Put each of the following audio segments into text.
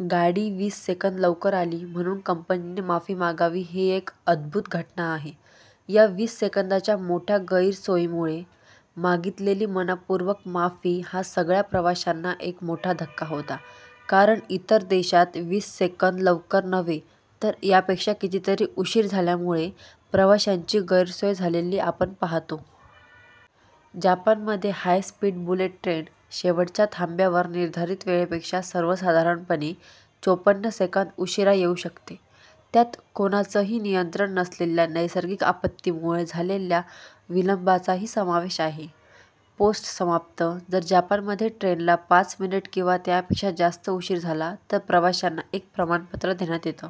गाडी वीस सेकंद लवकर आली म्हणून कंपनीने माफी मागावी ही एक अद्भूत घटना आहे. या वीस सेकंदाच्या मोठ्या गैरसोयीमुळे मागितलेली मन:पूर्वक माफी हा सगळ्या प्रवाशांना एक मोठा धक्का होता. कारण इतर देशांत वीस सेकंद लवकर नव्हे, तर यापेक्षा कितीतरी उशीर झाल्यामुळे प्रवाशांची गैरसोय झालेली आपण पाहतो. जपानमध्ये हाय स्पीड बुलेट ट्रेन शेवटच्या थांब्यावर निर्धारित वेळेपेक्षा सर्वसाधारणपणे चोपन्न सेकंद उशीरा येऊ शकते. त्यात कोणाचंही नियंत्रण नसलेल्या नैसर्गिक आपत्तीमुळे झालेल्या विलंबाचाही समावेश आहे. पोस्ट समाप्त, जर जपानमध्ये ट्रेनला पाच मिनिटं किंवा त्यापेक्षा जास्त उशीर झाला तर प्रवाशांना एक प्रमाणपत्र देण्यात येतं.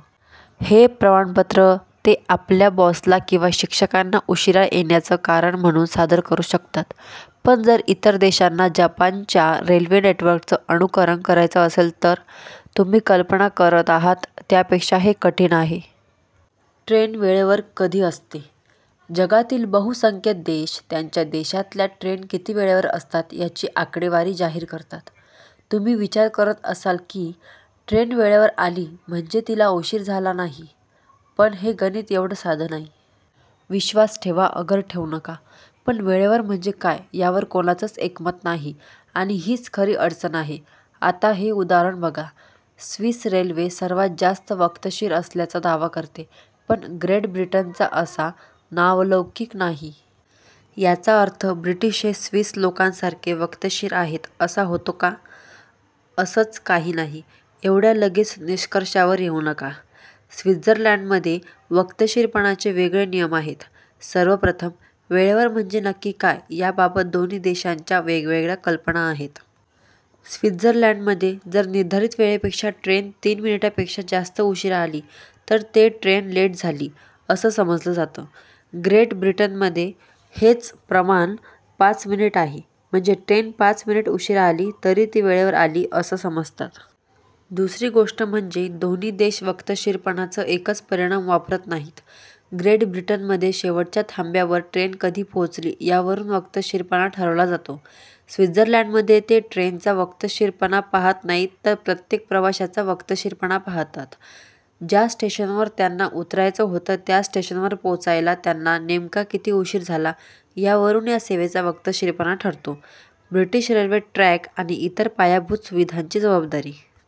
हे प्रमाणपत्र ते आपल्या बॉसला किंवा शिक्षकांना उशीरा येण्याचं कारण म्हणून सादर करू शकतात. पण जर इतर देशांना जपानच्या रेल्वे नेटवर्कचं अनुकरण करायचं असेल तर? तुम्ही कल्पना करत आहात त्यापेक्षा हे कठीण आहे. ट्रेन वेळेवर कधी असते? जगातील बहुसंख्य देश त्यांच्या देशातल्या ट्रेन किती वेळेवर असतात याची आकडेवारी जाहीर करतात. तुम्ही विचार करत असाल की, ट्रेन वेळेवर आली म्हणजे तिला उशीर झाला नाही. पण हे गणित एवढं साधं नाही. विश्वास ठेवा अगर ठेवू नका पण वेळेवर म्हणजे काय यावर कोणाचंच एकमत नाही आणि हीच खरी अडचण आहे. आता हे उदाहरण बघा. स्वीस रेल्वे सर्वांत जास्त वक्तशीर असल्याचा दावा करते. पण ग्रेट ब्रिटनचा असा नावलौकिक नाही. याचा अर्थ ब्रिटीश हे स्वीस लोकांसारखे वक्तशीर आहेत असा होतो का? असंच काही नाही. एवढ्या लगेच निष्कर्षावर येऊ नका. स्वित्झर्लंडमध्ये वक्तशीरपणाचे वेगळे नियम आहेत. सर्वप्रथम, वेळेवर म्हणजे नक्की काय याबाबत दोन्ही देशांच्या वेगवेगळ्या कल्पना आहेत. स्वित्झर्लंडमध्ये जर निर्धारित वेळेपेक्षा ट्रेन तीन मिनिटापेक्षा जास्त उशीरा आली तर ते ट्रेन लेट झाली, असं समजलं जातं. ग्रेट ब्रिटनमध्ये हेच प्रमाण पाच मिनिटं आहे. म्हणजे ट्रेन पाच मिनिटं उशीरा आली तरी ती वेळेवर आली असं समजतात. दुसरी गोष्ट म्हणजे दोन्ही देश वक्तशीरपणाचं एकच परिमाण वापरत नाहीत. ग्रेट ब्रिटनमध्ये शेवटच्या थांब्यावर ट्रेन कधी पोहोचली यावरून वक्तशीरपणा ठरवला जातो. स्वित्झर्लंडमध्ये ते ट्रेनचा वक्तशीरपणा पाहात नाहीत तर प्रत्येक प्रवाशाचा वक्तशीरपणा पाहतात. ज्या स्टेशनवर त्यांना उतरायचं होतं त्या स्टेशनवर पोचायला त्यांना नेमका किती उशीर झाला, यावरून या सेवेचा वक्तशीरपणा ठरतो. ब्रिटीश रेल्वे ट्रॅक आणि इतर पायाभूत सुविधांची जबाबदारी